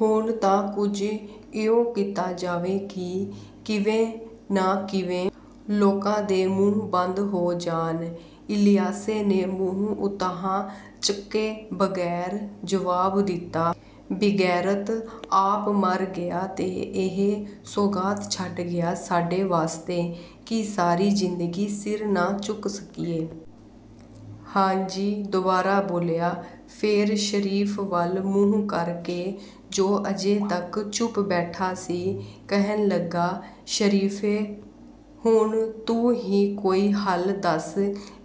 ਹੁਣ ਤਾਂ ਕੁਝ ਇਉਂ ਕੀਤਾ ਜਾਵੇ ਕਿ ਕਿਵੇਂ ਨਾ ਕਿਵੇਂ ਲੋਕਾਂ ਦੇ ਮੂੰਹ ਬੰਦ ਹੋ ਜਾਣ।" ਇਲਿਆਸੇ ਨੇ ਮੂੰਹ ਉਤਾਂਹ ਚੁੱਕੇ ਬਗੈਰ ਜਵਾਬ ਦਿੱਤਾ। "ਬੇਗੈਰਤ, ਆਪ ਮਰ ਗਿਆ ਤੇ ਇਹ ਸੌਗਾਤ ਛੱਡ ਗਿਆ ਸਾਡੇ ਵਾਸਤੇ, ਕਿ ਸਾਰੀ ਜ਼ਿੰਦਗੀ ਸਿਰ ਨਾ ਚੁੱਕ ਸਕੀਏ।" ਹਾਜੀ ਦੁਬਾਰਾ ਬੋਲਿਆ। ਫਿਰ ਸ਼ਰੀਫ ਵੱਲ ਮੂੰਹ ਕਰ ਕੇ, ਜੋ ਅਜੇ ਤੱਕ ਚੁੱਪ ਬੈਠਾ ਸੀ, ਕਹਿਣ ਲੱਗਾ, "ਸ਼ਰੀਫੇ, ਹੁਣ ਤੂੰ ਹੀ ਕੋਈ ਹੱਲ ਦੱਸ।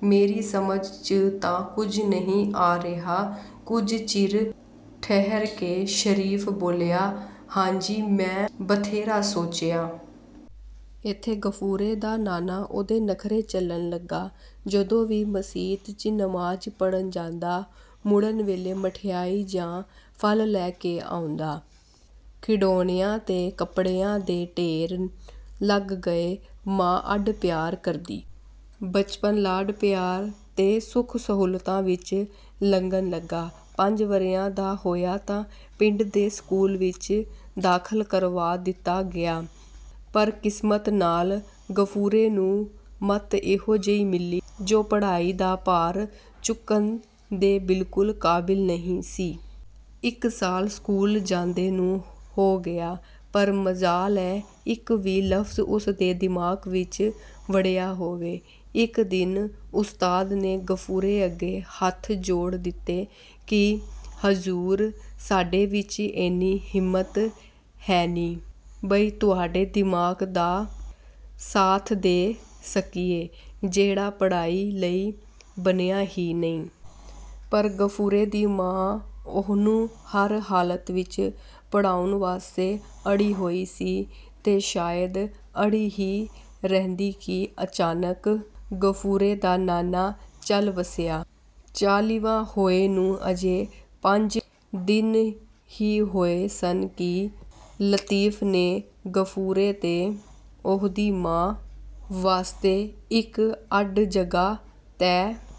ਮੇਰੀ ਸਮਝ 'ਚ ਤਾਂ ਕੁਝ ਨਹੀਂ ਆ ਰਿਹਾ।" ਕੁਝ ਚਿਰ ਠਹਿਰ ਕੇ ਸ਼ਰੀਫ ਬੋਲਿਆ, "ਹਾਜੀ, ਮੈਂ ਬਥੇਰਾ ਸੋਚਿਆ। ਏਥੇ ਗਫੂਰੇ ਦਾ ਨਾਨਾ ਉਹਦੇ ਨਖਰੇ ਝੱਲਣ ਲੱਗਾ। ਜਦੋਂ ਵੀ ਮਸੀਤ 'ਚ ਨਮਾਜ਼ ਪੜ੍ਹਨ ਜਾਂਦਾ, ਮੁੜਨ ਵੇਲੇ ਮਠਿਆਈ ਜਾਂ ਫਲ ਲੈ ਕੇ ਆਉਂਦਾ। ਖਿਡਾਉਣਿਆਂ ਤੇ ਕੱਪੜਿਆਂ ਦੇ ਢੇਰ ਲੱਗ ਗਏ। ਮਾਂ ਅੱਡ ਪਿਆਰ ਕਰਦੀ। ਬਚਪਨ ਲਾਡ-ਪਿਆਰ ਤੇ ਸੁਖ-ਸਹੂਲਤਾਂ ਵਿਚ ਲੰਘਣ ਲੱਗਾ। ਪੰਜ ਵਰ੍ਹਿਆਂ ਦਾ ਹੋਇਆ ਤਾਂ ਪਿੰਡ ਦੇ ਸਕੂਲ ਵਿੱਚ ਦਾਖਲ ਕਰਵਾ ਦਿੱਤਾ ਗਿਆ, ਪਰ ਕਿਸਮਤ ਨਾਲ ਗਫੂਰੇ ਨੂੰ ਮੱਤ ਇਹੋ ਜਿਹੀ ਮਿਲੀ, ਜੋ ਪੜ੍ਹਾਈ ਦਾ ਭਾਰ ਚੁੱਕਣ ਦੇ ਬਿਲਕੁਲ ਕਾਬਿਲ ਨਹੀਂ ਸੀ। ਇੱਕ ਸਾਲ ਸਕੂਲ ਜਾਂਦੇ ਨੂੰ ਹੋ ਗਿਆ, ਪਰ ਮਜਾਲ ਐ, ਇੱਕ ਵੀ ਲਫ਼ਜ਼ ਉਸਦੇ ਦਿਮਾਗ ਵਿਚ ਵੜਿਆ ਹੋਵੇ। ਇੱਕ ਦਿਨ ਉਸਤਾਦ ਨੇ ਗਫੂਰੇ ਅੱਗੇ ਹੱਥ ਜੋੜ ਦਿੱਤੇ ਕਿ, "ਹਜ਼ੂਰ, ਸਾਡੇ ਵਿਚ ਐਨੀ ਹਿੰਮਤ ਹੈਨੀ, ਬਈ ਤੁਹਾਡੇ ਦਿਮਾਗ ਦਾ ਸਾਥ ਦੇ ਸਕੀਏ, ਜਿਹੜਾ ਪੜ੍ਹਾਈ ਲਈ ਬਣਿਆ ਹੀ ਨਹੀਂ।" ਪਰ ਗਫੂਰੇ ਦੀ ਮਾਂ ਉਹਨੂੰ ਹਰ ਹਾਲਤ ਵਿਚ ਪੜ੍ਹਾਉਣ ਵਾਸਤੇ ਅੜੀ ਹੋਈ ਸੀ ਤੇ ਸ਼ਾਇਦ ਅੜੀ ਹੀ ਰਹਿੰਦੀ ਕਿ ਅਚਾਨਕ ਗਫੂਰੇ ਦਾ ਨਾਨਾ ਚੱਲ ਵਸਿਆ। ਚਾਲ੍ਹੀਵਾਂ ਹੋਏ ਨੂੰ ਅਜੇ ਪੰਜ ਦਿਨ ਹੀ ਹੋਏ ਸਨ ਕਿ ਲਤੀਫ ਨੇ ਗਫੂਰੇ ਤੇ ਉਹਦੀ ਮਾਂ ਵਾਸਤੇ ਇੱਕ ਅੱਡ ਜਗ੍ਹਾ ਤੈਅ...